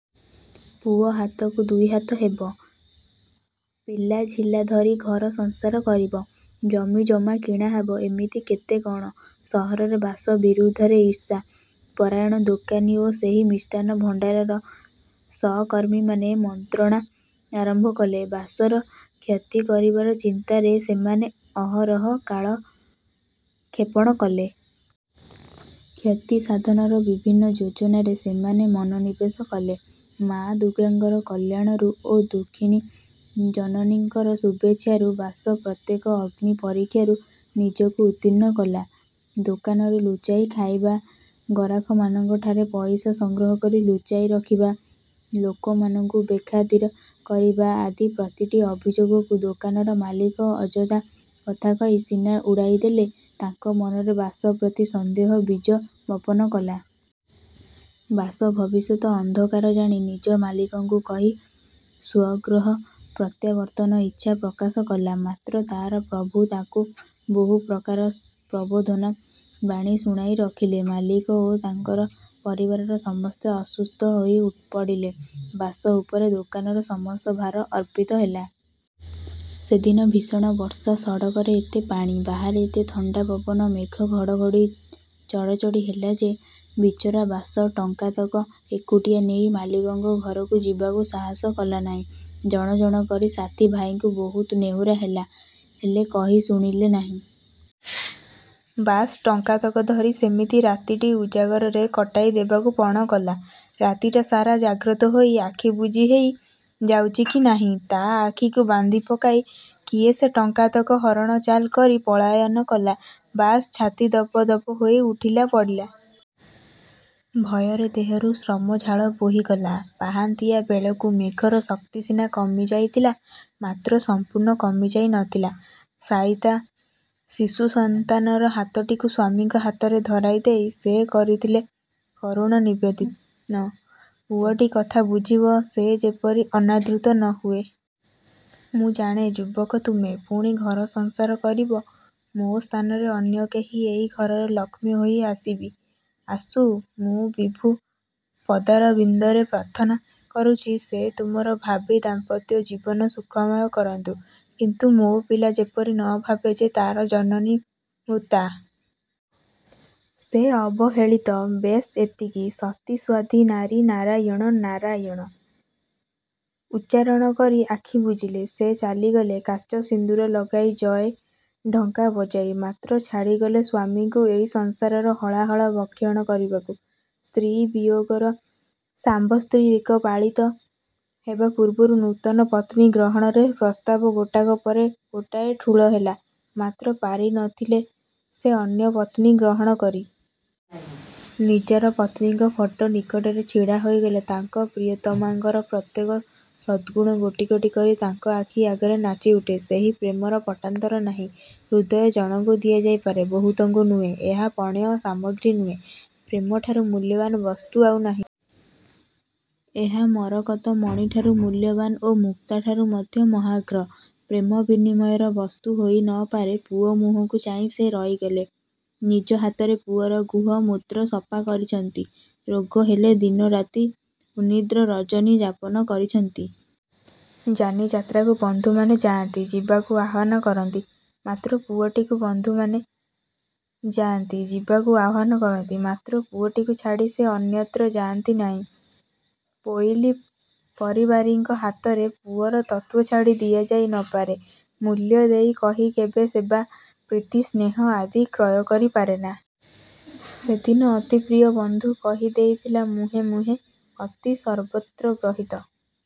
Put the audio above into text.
ପୁଅ ହାତକୁ ଦୁଇହାତ ହେବ। ପିଲାଝିଲା ଧରି ଘର ସଂସାର କରିବ। ଜମି ଜମା କିଣା ହେବ—ଏମିତି କେତେ କ'ଣ? ସହରରେ ବାସ ବିରୁଦ୍ଧରେ ଈର୍ଷା ପରାୟଣ ଦୋକାନୀ ଓ ସେହି ମିଷ୍ଟାନ ଭଣ୍ତାରର ସହକର୍ମୀମାନେ ମନ୍ତ୍ରଣା ଆରମ୍ଭ କଲେ। ବାସର କ୍ଷତି କରିବାର ଚିନ୍ତାରେ ସେମାନେ ଅହରହ କାଳକ୍ଷେପଣ କଲେ। କ୍ଷତି ସାଧନର ବିଭିନ୍ନ ଯୋଜନାରେ ସେମାନେ ମନୋନିବେଶ କଲେ। ମା ଦୁର୍ଗାଙ୍କର କଲ୍ୟାଣରୁ ଓ ଦୁଃଖିନୀ ଜନନୀଙ୍କର ଶୁଭେଚ୍ଛାରୁ ବାସ ପ୍ରତ୍ୟେକ ଅଗ୍ନି ପରୀକ୍ଷାରୁ ନିଜକୁ ଉର୍ତ୍ତୀଣ୍ଣ କଲା। ଦୋକାନରୁ ଲୁଚାଇ ଖାଇବା, ଗରାଖମାନଙ୍କଠାରେ ପଇସା ସଂଗ୍ରହ କରି ଲୁଚାଇ ରଖିବା, ଲୋକମାନଙ୍କୁ ବେଖାତିର କରିବା ଆଦି ପ୍ରତିଟି ଅଭିଯୋଗକୁ ଦୋକାନର ମାଲିକ ଅଯଥା କଥା କହି ସିନା ଉଡ଼ାଇ ଦେଲେ, ତାଙ୍କ ମନରେ ବାସ ପ୍ରତି ସନ୍ଦେହ ବୀଜ ବପନ କଲା। ବାସ ଭବିଷ୍ୟତ ଅନ୍ଧକାର ଜାଣି ନିଜ ମାଲିକଙ୍କୁ କହି ସ୍ୱଗୃହ ପ୍ରତ୍ୟାବର୍ତ୍ତନର ଇଚ୍ଛା ପ୍ରକାଶ କଲା। ମାତ୍ର ତାର ପ୍ରଭୁ ତାକୁ ବହୁ ପ୍ରକାର ପ୍ରବୋଧନା ବାଣୀ ଶୁଣାଇ ରଖିଲେ। ମାଲିକ ଓ ତାଙ୍କର ପରିବାରର ସମସ୍ତେ ଅସୁସ୍ଥ ହୋଇ ପଡ଼ିଲେ। ବାସ ଉପରେ ଦୋକାନର ସମସ୍ତ ଭାର ଅର୍ପିତ ହେଲା। ସେଦିନ ଭୀଷଣ ବର୍ଷା। ସଡ଼କରେ ଏତେ ପାଣି, ବାହାରେ ଏତେ ଥଣ୍ତା ପବନ, ମେଘ ଘଡ଼ଘଡ଼ି ଚଡ଼ଚଡ଼ି ହେଲା ଯେ, ବିଚରା ବାସ, ଟଙ୍କାତକ ଏକୁଟିଆ ନେଇ ମାଲିକଙ୍କ ଘରକୁ ଯିବାକୁ ସାହସ କଲାନାହିଁ। ଜଣ ଜଣ କରି ସାଥୀଭାଇଙ୍କୁ ବହୁତ ନେହୁରା ହେଲା, ହେଲେ କହି ଶୁଣିଲେ ନାହିଁ। ବାସ ଟଙ୍କାତକ ଧରି ସେମିତି ରାତିଟି ଉଜାଗରରେ କଟାଇ ଦେବାକୁ ପଣ କଲା; ରାତିଟା ସାରା ଜାଗ୍ରତ ହୋଇ ଆଖି ବୁଜି ହେଇ ଯାଉଚି କି ନାହିଁ, ତା ଆଖିକୁ ବାନ୍ଧି ପକାଇ କିଏସେ ଟଙ୍କାତକ ହରଣଚାଲ କରି ପଳାୟନ କଲା। ବାସ ଛାତି ଦପ ଦପ ହୋଇ ଉଠିଲା ପଡ଼ିଲା। ଭୟରେ ଦେହରୁ ଶ୍ରମଝାଳ ବୋହିଗଲା। ପାହାନ୍ତିଆ ବେଳକୁ ମେଘର ଶକ୍ତି ସିନା କମି ଯାଇଥିଲା ମାତ୍ର ସମ୍ପୂର୍ଣ୍ଣ କମି ଯାଇ ନ ଥିଲା। ଶାୟିତା। ଶିଶୁ ସନ୍ତାନର ହାତଟିକୁ ସ୍ୱାମୀଙ୍କ ହାତରେ ଧରାଇ ଦେଇ ସେ କରିଥିଲେ କରୁଣ ନିବେଦିନ। "ପୁଅଟି କଥା ବୁଝିବ। ସେ ଯେପରି ଅନାଦୃତ ନ ହୁଏ। ମୁଁ ଜାଣେ ଯୁବକ ତୁମେ, ପୁଣି ଘର ସଂସାର କରିବ। ମୋ ସ୍ଥାନରେ ଅନ୍ୟ କେହି ଏହି ଘରର ଲକ୍ଷ୍ମୀ ହୋଇ ଆସିବି। ଆସୁ, ମୁଁ ବିଭୁ ପଦାରବିନ୍ଦରେ ପ୍ରାର୍ଥନା କରୁଚି ସେ ତୁମର ଭାବୀ ଦାମ୍ପତ୍ୟ ଜୀବନ ସୁଖମୟ କରନ୍ତୁ। କିନ୍ତୁ ମୋ ପିଲା ଯେପରି ନ ଭାବେ ଯେ, ତାର ଜନନୀ ମୃତା। ସେ ଅବହେଳିତ। ବେଶ୍ ଏତିକି। " ସତୀ ସାଧ୍ୱୀ ନାରୀ 'ନାରାୟଣ', 'ନାରାୟଣ' ଉଚ୍ଚାରଣ କରି ଆଖି ବୁଜିଲେ। ସେ ଚାଲିଗଲେ କାଚ ସିନ୍ଦୂର ଲଗାଇ ଜୟ ଢକ୍କା ବଜାଇ। ମାତ୍ର ଛାଡ଼ିଗଲେ ସ୍ୱାମୀଙ୍କୁ ଏଇ ସଂସାରର ହଳାହଳ ଭକ୍ଷଣ କରିବାକୁ। ସ୍ତ୍ରୀ ବିୟୋଗର ସାମ୍ବତ୍ସରିକ ପାଳିତ ହେବା ପୂର୍ବରୁ ନୂତନ ପତ୍ନୀ ଗ୍ରହଣରେ ପ୍ରସ୍ତାବ ଗୋଟାକ ପରେ ଗୋଟାଏ ଠୁଳ ହେଲା, ମାତ୍ର ପାରି ନ ଥିଲେ ସେ ଅନ୍ୟ ପତ୍ନୀ ଗ୍ରହଣ କରି। ନିଜର ପତ୍ନୀଙ୍କ ଫଟୋ ନିକଟରେ ଛିଡ଼ା ହୋଇଗଲେ ତାଙ୍କ ପ୍ରିୟତମାଙ୍କର ପ୍ରତ୍ୟେକ ସଦ୍ଗୁଣ ଗୋଟି ଗୋଟି କରି ତାଙ୍କ ଆଖି ଆଗରେ ନାଚିଉଠେ। ସେହି ପ୍ରେମର ପଟାନ୍ତର ନାହିଁ। ହୃଦୟ ଜଣଙ୍କୁ ଦିଆ ଯାଇପାରେ। ବହୁତଙ୍କୁ ନୁହେଁ। ଏହା ପଣ୍ୟ ସାମଗ୍ରୀ ନୁହେଁ। ପ୍ରେମଠାରୁ ମୂଲ୍ୟବାନ ବସ୍ତୁ ଆଉ ନାହିଁ। ଏହା ମରକତ ମଣିଠାରୁ ମୂଲ୍ୟବାନ୍ ଓ ମୁକ୍ତାଠାରୁ ମଧ୍ୟ ମହାର୍ଘ। ପ୍ରେମ ବିନିମୟର ବସ୍ତୁ ହୋଇ ନ ପାରେ। ପୁଅ ମୁହଁକୁ ଚାହିଁ ସେ ରହିଗଲେ। ନିଜ ହାତରେ ପୁଅର ଗୁହ ମୂତ ସଫା କରିଚନ୍ତି। ରୋଗ ହେଲେ ଦିନ ରାତି ଉନ୍ନିଦ୍ର ରଜନୀ ଯାପନ କରିଚନ୍ତି। ଯାନି ଯାତ୍ରାକୁ ବନ୍ଧୁମାନେ ଯାଆନ୍ତି। ଯିବାକୁ ଆହ୍ୱାନ କରନ୍ତି। ମାତ୍ର ପୁଅଟିକୁ ବନ୍ଧୁମାନେ ଯାଆନ୍ତି। ଯିବାକୁ ଆହ୍ୱାନ କରନ୍ତି। ମାତ୍ର ପୁଅଟିକୁ ଛାଡ଼ି ସେ ଅନ୍ୟତ୍ର ଯାଆନ୍ତି ନାହିଁ। ପୋଇଲୀ, ପରିବାରୀଙ୍କ ହାତରେ ପୁଅର ତତ୍ତ୍ୱ ଛାଡ଼ି ଦିଆଯାଇ ନ ପାରେ। ମୂଲ୍ୟ ଦେଇ କହି କେବେ ସେବା, ପ୍ରୀତି, ସ୍ନେହ ଆଦି କ୍ରୟକରି ପାରେନା। ସେଦିନ ଅତି ପ୍ରିୟ ବନ୍ଧୁ କହି ଦେଇଥିଲା ମୁହେଁ ମୁହେଁ—ଅତି ସର୍ବତ୍ର ଗର୍ହିତଂ।